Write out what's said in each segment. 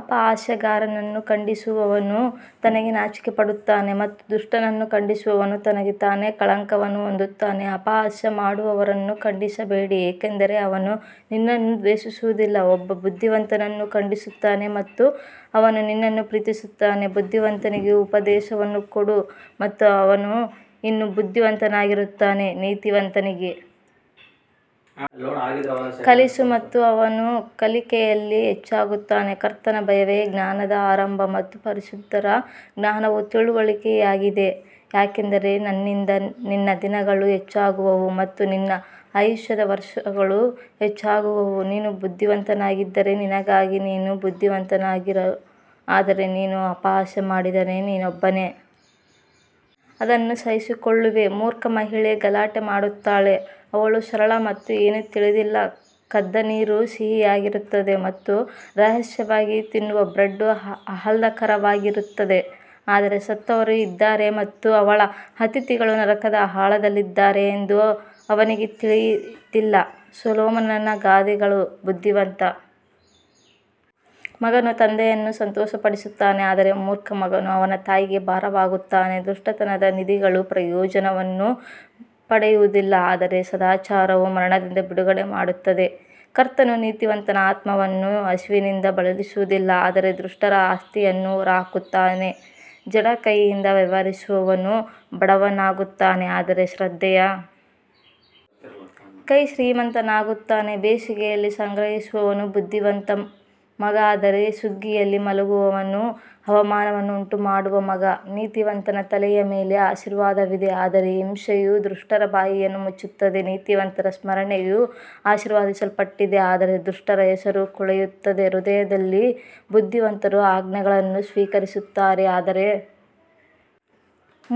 ಅಪಹಾಸ್ಯಗಾರನನ್ನು ಖಂಡಿಸುವವನು ತನಗೆ ನಾಚಿಕೆಪಡುತ್ತಾನೆ ಮತ್ತು ದುಷ್ಟನನ್ನು ಖಂಡಿಸುವವನು ತನಗೆ ತಾನೇ ಕಳಂಕವನ್ನು ಹೊಂದುತ್ತಾನೆ ಅಪಹಾಸ್ಯ ಮಾಡುವವರನ್ನು ಖಂಡಿಸಬೇಡಿ, ಏಕೆಂದರೆ ಅವನು ನಿನ್ನನ್ನು ದ್ವೇಷಿಸುವುದಿಲ್ಲ, ಒಬ್ಬ ಬುದ್ಧಿವಂತನನ್ನು ಖಂಡಿಸುತ್ತಾನೆ ಮತ್ತು ಅವನು ನಿನ್ನನ್ನು ಪ್ರೀತಿಸುತ್ತಾನೆ. ಬುದ್ಧಿವಂತನಿಗೆ ಉಪದೇಶವನ್ನು ಕೊಡು ಮತ್ತು ಅವನು ಇನ್ನೂ ಬುದ್ಧಿವಂತನಾಗಿರುತ್ತಾನೆ, ನೀತಿವಂತನಿಗೆ ಕಲಿಸು ಮತ್ತು ಅವನು ಕಲಿಕೆಯಲ್ಲಿ ಹೆಚ್ಚಾಗುತ್ತಾನೆ ಕರ್ತನ ಭಯವೇ ಜ್ಞಾನದ ಆರಂಭ ಮತ್ತು ಪರಿಶುದ್ಧರ ಜ್ಞಾನವು ತಿಳುವಳಿಕೆಯಾಗಿದೆ ಯಾಕಂದರೆ ನನ್ನಿಂದ ನಿನ್ನ ದಿನಗಳು ಹೆಚ್ಚಾಗುವವು ಮತ್ತು ನಿನ್ನ ಆಯುಷ್ಯದ ವರ್ಷಗಳು ಹೆಚ್ಚಾಗುವವು ನೀನು ಬುದ್ಧಿವಂತನಾಗಿದ್ದರೆ ನಿನಗಾಗಿ ನೀನು ಬುದ್ಧಿವಂತನಾಗಿರು ಆದರೆ ನೀನು ಅಪಹಾಸ್ಯ ಮಾಡಿದರೆ ನೀನೊಬ್ಬನೇ ಅದನ್ನು ಸಹಿಸಿಕೊಳ್ಳುವೆ ಮೂರ್ಖ ಮಹಿಳೆ ಗಲಾಟೆ ಮಾಡುತ್ತಾಳೆ, ಅವಳು ಸರಳ ಮತ್ತು ಏನೂ ತಿಳಿದಿಲ್ಲ ಕದ್ದ ನೀರು ಸಿಹಿಯಾಗಿರುತ್ತದೆ ಮತ್ತು ರಹಸ್ಯವಾಗಿ ತಿನ್ನುವ ಬ್ರೆಡ್ ಆಹ್ಲಾದಕರವಾಗಿರುತ್ತದೆ ಆದರೆ ಸತ್ತವರು ಇದ್ದಾರೆ ಮತ್ತು ಅವಳ ಅತಿಥಿಗಳು ನರಕದ ಆಳದಲ್ಲಿದ್ದಾರೆ ಎಂದು ಅವನಿಗೆ ತಿಳಿದಿಲ್ಲ ಸೊಲೊಮೋನನ ಗಾದೆಗಳು ಬುದ್ಧಿವಂತ ಮಗನು ತಂದೆಯನ್ನು ಸಂತೋಷಪಡಿಸುತ್ತಾನೆ ಆದರೆ ಮೂರ್ಖ ಮಗನು ಅವನ ತಾಯಿಗೆ ಭಾರವಾಗುತ್ತಾನೆ ದುಷ್ಟತನದ ನಿಧಿಗಳು ಪ್ರಯೋಜನವನ್ನು ಪಡೆಯುವುದಿಲ್ಲ ಆದರೆ ಸದಾಚಾರವು ಮರಣದಿಂದ ಬಿಡುಗಡೆ ಮಾಡುತ್ತದೆ ಕರ್ತನು ನೀತಿವಂತನ ಆತ್ಮವನ್ನು ಹಸಿವಿನಿಂದ ಬಳಲಿಸುವುದಿಲ್ಲ ಆದರೆ ದುಷ್ಟರ ಆಸ್ತಿಯನ್ನು ಹೊರಹಾಕುತ್ತಾನೆ ಜಡ ಕೈಯಿಂದ ವ್ಯವಹರಿಸುವವನು ಬಡವನಾಗುತ್ತಾನೆ ಆದರೆ ಶ್ರದ್ಧೆಯ ಕೈ ಶ್ರೀಮಂತನಾಗುತ್ತಾನೆ ಬೇಸಿಗೆಯಲ್ಲಿ ಸಂಗ್ರಹಿಸುವವನು ಬುದ್ಧಿವಂತ ಮಗ ಆದರೆ ಸುಗ್ಗಿಯಲ್ಲಿ ಮಲಗುವವನು ಅವಮಾನವನ್ನು ಉಂಟುಮಾಡುವ ಮಗ ನೀತಿವಂತನ ತಲೆಯ ಮೇಲೆ ಆಶೀರ್ವಾದವಿದೆ ಆದರೆ ಹಿಂಸೆಯು ದುಷ್ಟರ ಬಾಯಿಯನ್ನು ಮುಚ್ಚುತ್ತದೆ ನೀತಿವಂತರ ಸ್ಮರಣೆಯು ಆಶೀರ್ವದಿಸಲ್ಪಟ್ಟಿದೆ ಆದರೆ ದುಷ್ಟರ ಹೆಸರು ಕೊಳೆಯುತ್ತದೆ ಹೃದಯದಲ್ಲಿ ಬುದ್ಧಿವಂತರು ಆಜ್ಞೆಗಳನ್ನು ಸ್ವೀಕರಿಸುತ್ತಾರೆ ಆದರೆ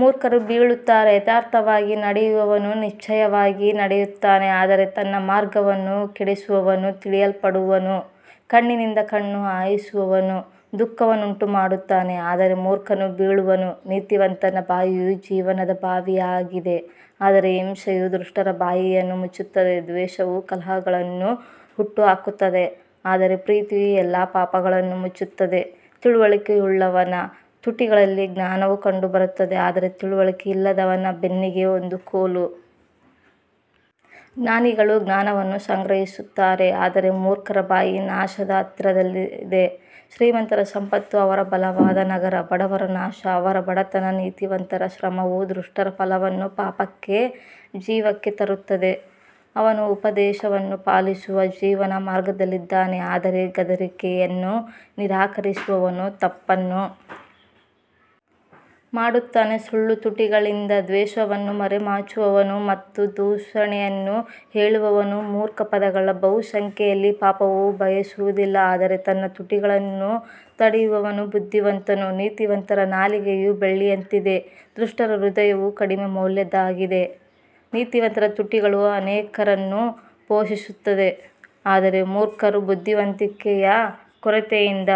ಮೂರ್ಖರು ಬೀಳುತ್ತಾರೆ ಯಥಾರ್ಥವಾಗಿ ನಡೆಯುವವನು ನಿಶ್ಚಯವಾಗಿ ನಡೆಯುತ್ತಾನೆ ಆದರೆ ತನ್ನ ಮಾರ್ಗವನ್ನು ಕೆಡಿಸುವವನು ತಿಳಿಯಲ್ಪಡುವನು ಕಣ್ಣಿನಿಂದ ಕಣ್ಣು ಹಾಯಿಸುವವನು ದುಃಖವನ್ನುಂಟುಮಾಡುತ್ತಾನೆ, ಆದರೆ ಮೂರ್ಖನು ಬೀಳುವನು ನೀತಿವಂತನ ಬಾಯಿಯು ಜೀವದ ಬಾವಿಯಾಗಿದೆ ಆದರೆ ಹಿಂಸೆಯು ದುಷ್ಟರ ಬಾಯಿಯನ್ನು ಮುಚ್ಚುತ್ತದೆ ದ್ವೇಷವು ಕಲಹಗಳನ್ನು ಹುಟ್ಟುಹಾಕುತ್ತದೆ ಆದರೆ ಪ್ರೀತಿಯು ಎಲ್ಲಾ ಪಾಪಗಳನ್ನು ಮುಚ್ಚುತ್ತದೆ ತಿಳುವಳಿಕೆಯುಳ್ಳವನ ತುಟಿಗಳಲ್ಲಿ ಜ್ಞಾನವು ಕಂಡುಬರುತ್ತದೆ ಆದರೆ ತಿಳುವಳಿಕೆಯಿಲ್ಲದವನ ಬೆನ್ನಿಗೆ ಒಂದು ಕೋಲು. ಜ್ಞಾನಿಗಳು ಜ್ಞಾನವನ್ನು ಸಂಗ್ರಹಿಸುತ್ತಾರೆ ಆದರೆ ಮೂರ್ಖರ ಬಾಯಿ ನಾಶದ ಹತ್ತಿರದಲ್ಲಿದೆ ಶ್ರೀಮಂತರ ಸಂಪತ್ತು ಅವರ ಬಲವಾದ ನಗರ, ಬಡವರ ನಾಶ ಅವರ ಬಡತನ ನೀತಿವಂತರ ಶ್ರಮವು ದುಷ್ಟರ ಫಲವನ್ನು ಪಾಪಕ್ಕೆ ಜೀವಕ್ಕೆ ತರುತ್ತದೆ ಅವನು ಉಪದೇಶವನ್ನು ಪಾಲಿಸುವ ಜೀವನ ಮಾರ್ಗದಲ್ಲಿದ್ದಾನೆ ಆದರೆ ಗದರಿಕೆಯನ್ನು ನಿರಾಕರಿಸುವವನು ತಪ್ಪನ್ನು ಮಾಡುತ್ತಾನೆ ಸುಳ್ಳು ತುಟಿಗಳಿಂದ ದ್ವೇಷವನ್ನು ಮರೆಮಾಚುವವನು ಮತ್ತು ದೂಷಣೆಯನ್ನು ಹೇಳುವವನು ಮೂರ್ಖ ಪದಗಳ ಬಹುಸಂಖ್ಯೆಯಲ್ಲಿ ಪಾಪವು ಬಯಸುವುದಿಲ್ಲ ಆದರೆ ತನ್ನ ತುಟಿಗಳನ್ನು ತಡೆಯುವವನು ಬುದ್ಧಿವಂತನು ನೀತಿವಂತರ ನಾಲಿಗೆಯು ಬೆಳ್ಳಿಯಂತಿದೆ, ದುಷ್ಟರ ಹೃದಯವು ಕಡಿಮೆ ಮೌಲ್ಯದ್ದಾಗಿದೆ ನೀತಿವಂತರ ತುಟಿಗಳು ಅನೇಕರನ್ನು ಪೋಷಿಸುತ್ತವೆ ಆದರೆ ಮೂರ್ಖರು ಬುದ್ಧಿವಂತಿಕೆಯ ಕೊರತೆಯಿಂದ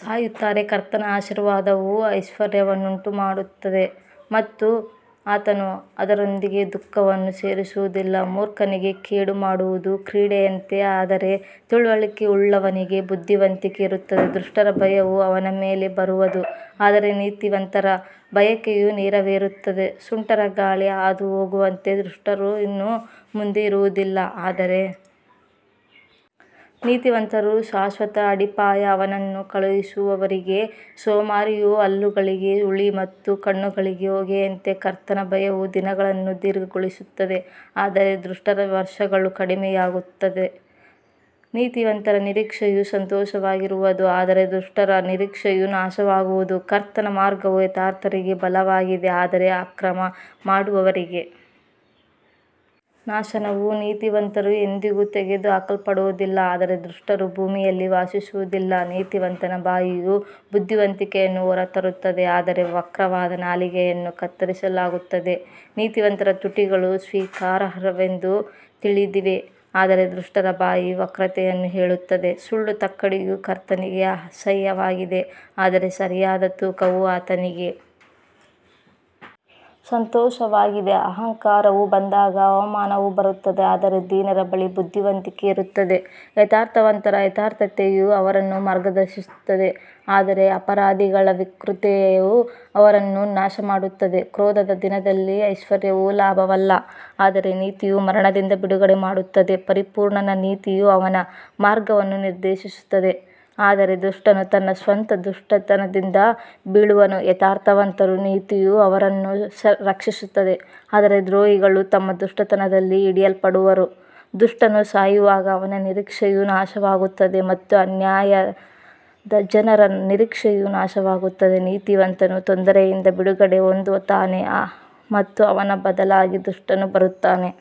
ಸಾಯುತ್ತಾರೆ ಕರ್ತನ ಆಶೀರ್ವಾದವು ಐಶ್ವರ್ಯವನ್ನುಂಟುಮಾಡುತ್ತದೆ ಮತ್ತು ಆತನು ಅದರೊಂದಿಗೆ ದುಃಖವನ್ನು ಸೇರಿಸುವುದಿಲ್ಲ ಮೂರ್ಖನಿಗೆ ಕೇಡು ಮಾಡುವುದು ಕ್ರೀಡೆಯಂತೆ ಆದರೆ ತಿಳುವಳಿಕೆಯುಳ್ಳವನಿಗೆ ಬುದ್ಧಿವಂತಿಕೆ ಇರುತ್ತದೆ ದುಷ್ಟರ ಭಯವು ಅವನ ಮೇಲೆ ಬರುವದು ಆದರೆ ನೀತಿವಂತರ ಬಯಕೆಯು ನೆರವೇರುತ್ತದೆ ಸುಂಟರಗಾಳಿ ಹಾದುಹೋಗುವಂತೆ ದುಷ್ಟರು ಇನ್ನು ಮುಂದೆ ಇರುವುದಿಲ್ಲ ಆದರೆ ನೀತಿವಂತರು ಶಾಶ್ವತ ಅಡಿಪಾಯ ಅವನನ್ನು ಕಳುಹಿಸುವವರಿಗೆ ಸೋಮಾರಿಯು ಹಲ್ಲುಗಳಿಗೆ ಹುಳಿ ಮತ್ತು ಕಣ್ಣುಗಳಿಗೆ ಹೊಗೆಯಂತೆ ಕರ್ತನ ಭಯವು ದಿನಗಳನ್ನು ದೀರ್ಘಗೊಳಿಸುತ್ತದೆ ಆದರೆ ದುಷ್ಟರ ವರ್ಷಗಳು ಕಡಿಮೆಯಾಗುತ್ತವೆ ನೀತಿವಂತರ ನಿರೀಕ್ಷೆಯು ಸಂತೋಷವಾಗಿರುವದು ಆದರೆ ದುಷ್ಟರ ನಿರೀಕ್ಷೆಯು ನಾಶವಾಗುವುದು ಕರ್ತನ ಮಾರ್ಗವು ಯಥಾರ್ಥರಿಗೆ ಬಲವಾಗಿದೆ ಆದರೆ ಅಕ್ರಮ ಮಾಡುವವರಿಗೆ ನಾಶನವು ನೀತಿವಂತರು ಎಂದಿಗೂ ತೆಗೆದುಹಾಕಲ್ಪಡುವುದಿಲ್ಲ ಆದರೆ ದುಷ್ಟರು ಭೂಮಿಯಲ್ಲಿ ವಾಸಿಸುವುದಿಲ್ಲ ನೀತಿವಂತನ ಬಾಯಿಯು ಬುದ್ಧಿವಂತಿಕೆಯನ್ನು ಹೊರತರುತ್ತದೆ ಆದರೆ ವಕ್ರವಾದ ನಾಲಿಗೆಯನ್ನು ಕತ್ತರಿಸಲಾಗುತ್ತದೆ ನೀತಿವಂತರ ತುಟಿಗಳು ಸ್ವೀಕಾರಾರ್ಹವೆಂದು ತಿಳಿದಿವೆ ಆದರೆ ದುಷ್ಟರ ಬಾಯಿ ವಕ್ರತೆಯನ್ನು ಹೇಳುತ್ತದೆ ಸುಳ್ಳು ತಕ್ಕಡಿಯು ಕರ್ತನಿಗೆ ಅಸಹ್ಯವಾಗಿದೆ ಆದರೆ ಸರಿಯಾದ ತೂಕವು ಆತನಿಗೆ ಸಂತೋಷವಾಗಿದೆ ಅಹಂಕಾರವು ಬಂದಾಗ ಅವಮಾನವು ಬರುತ್ತದೆ ಆದರೆ ದೀನರ ಬಳಿ ಬುದ್ಧಿವಂತಿಕೆ ಇರುತ್ತದೆ ಯಥಾರ್ಥವಂತರ ಯಥಾರ್ಥತೆಯು ಅವರನ್ನು ಮಾರ್ಗದರ್ಶಿಸುತ್ತದೆ ಆದರೆ ಅಪರಾಧಿಗಳ ವಿಕೃತತೆಯು ಅವರನ್ನು ನಾಶಮಾಡುತ್ತದೆ ಕ್ರೋಧದ ದಿನದಲ್ಲಿ ಐಶ್ವರ್ಯವು ಲಾಭವಲ್ಲ ಆದರೆ ನೀತಿಯು ಮರಣದಿಂದ ಬಿಡುಗಡೆ ಮಾಡುತ್ತದೆ ಪರಿಪೂರ್ಣನ ನೀತಿಯು ಅವನ ಮಾರ್ಗವನ್ನು ನಿರ್ದೇಶಿಸುತ್ತದೆ ಆದರೆ ದುಷ್ಟನು ತನ್ನ ಸ್ವಂತ ದುಷ್ಟತನದಿಂದ ಬೀಳುವನು ಯಥಾರ್ಥವಂತರ ನೀತಿಯು ಅವರನ್ನು ರಕ್ಷಿಸುತ್ತದೆ ಆದರೆ ದ್ರೋಹಿಗಳು ತಮ್ಮ ದುಷ್ಟತನದಲ್ಲಿ ಹಿಡಿಯಲ್ಪಡುವರು ದುಷ್ಟನು ಸಾಯುವಾಗ ಅವನ ನಿರೀಕ್ಷೆಯು ನಾಶವಾಗುತ್ತದೆ ಮತ್ತು ಅನ್ಯಾಯದ ಜನರ ನಿರೀಕ್ಷೆಯು ನಾಶವಾಗುತ್ತದೆ ನೀತಿವಂತನು ತೊಂದರೆಯಿಂದ ಬಿಡುಗಡೆ ಹೊಂದುತ್ತಾನೆ ಮತ್ತು ಅವನ ಬದಲಾಗಿ ದುಷ್ಟನು ಬರುತ್ತಾನೆ.